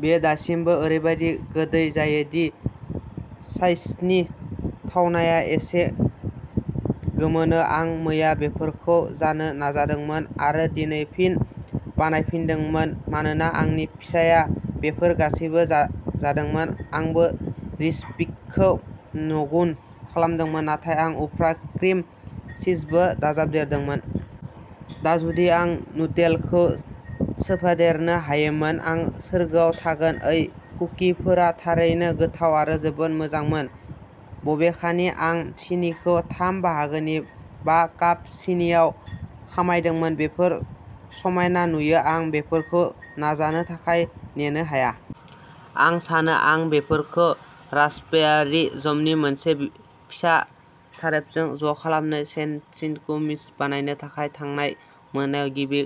बेयो दासिमबो ओरैबादि गोदै जायो दि चीजनि थावनाया एसे गोमोनो। आं मैया बेफोरखौ जानो नाजादोंमोन आरो दिनै फिन बानायफिननांदोंमोन। मानोना आंनि फिसाया बेफोर गासैबो जादोंमोन! आंबो रेसिपिखौ नैगुन खालामदोंमोन, नाथाय आं उफ्रा क्रिम चीजबो दाजाबदेरदोंमोन। दा जुदि आं नुटेलखौ सोफादेरनो हायोमोन। आं सोरगोआव थागोन। ओइ कुकिफोरा थारैनो गोथाव आरो जोबोद मोजांमोन। बबेखानि आं सिनिखौ थाम बाहागोनि बा काप सिनिआव खामायदोंमोन। बेफोर समायना नुयो। आं बेफोरखौ नाजानो थाखाय नेनो हाया। आं सानो आं बेफोरखौ रास्पबेरी जेमनि मोनसे फिसा थोरोफजों ज'खालामगोन सेनडविच कुकिज बानायनो थाखाय। थांनाय मोनायाव गिबि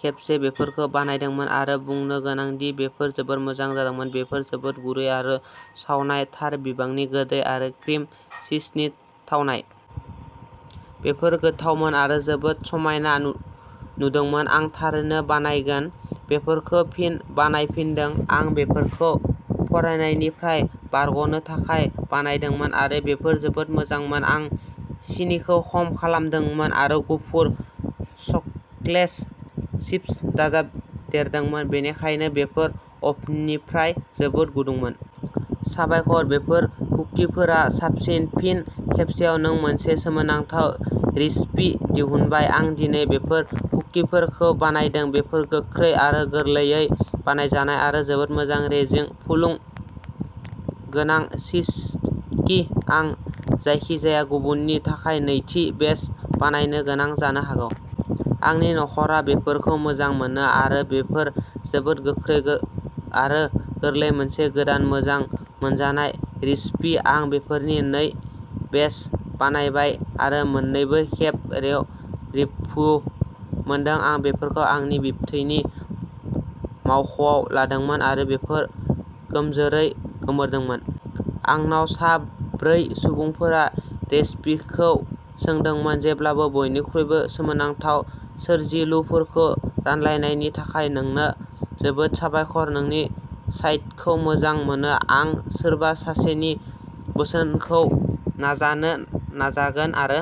खेबसो बेफोरखौ बानायदोंमोन आरो बुंनो गोनां दि बेफोर जोबोद मोजां जादोंमोन। बेफोर जोबोद गुरै आरो सावनाय थार बिबांनि गोदै आरो क्रिम चीजनि थावनाय। बेफोर गोथावमोन आरो जोबोद समायना नुदोंमोन। आं थारैनो बानायगोन। बेफोरखौ फिन बानायफिनदों। आं बेफोरखौ फरायनायनिफ्राय बारग'नो थाखाय बानायदोंमोन आरो बेफोर जोबोद मोजांमोन। आं सिनिखौ खम खालामदोंमोन आरो गुफुर चकलेट चिप्स दाजाबदेरदोंमोन। बेनिखायनो बेफोर अभेननिफ्राय जोबोद गुदुंमोन। साबायखर! बेफोर कुकिफोरा साबसिन। फिन खेबसेबाव नों मोनसे सोमोनांथाव रेसिपि दिहुनबाय। आं दिनै बेफोर कुकिफोरखौ बानायदों। बेफोर गोख्रै आरो गोरलैयै बानायजानाय आरो जोबोद मोजां। रेजें, फुलुं गोनां, चीजकि। आं जायखिजाया गुबुननि थाखाय नैथि बेच बानायनो गोनां जानो हागौ। आंनि नखरा बेफोरखौ मोजां मोनो आरो बेफोर जोबोद गोख्रै आरो गोरलै-मोनसे गोदान मोजां मोनजानाय रेसिपि आं बेफोरनि नै बेच बानायबाय आरो मोननैबो खेब रेव रिभ्यु मोनदों। आं बेफोरखौ आंनि बिबथैनि मावख'आव लादोंमोन आरो बेफोर गोमजोरै गोमोदोंमोन। आंनाव सा ब्रै सुबुंफोरा रेसिपिखौ सोंदोंमोन। जेब्लाबो बयनिख्रुइबो सोमोनांथाव सोरजिलुफोरखौ रानलायनायनि थाखाय नोंनो जोबोद साबायखर। नोंनि साइटखौ मोजां मोनो। आं सोरबा सासेनि बोसोनखौ नाजानो नाजागोन आरो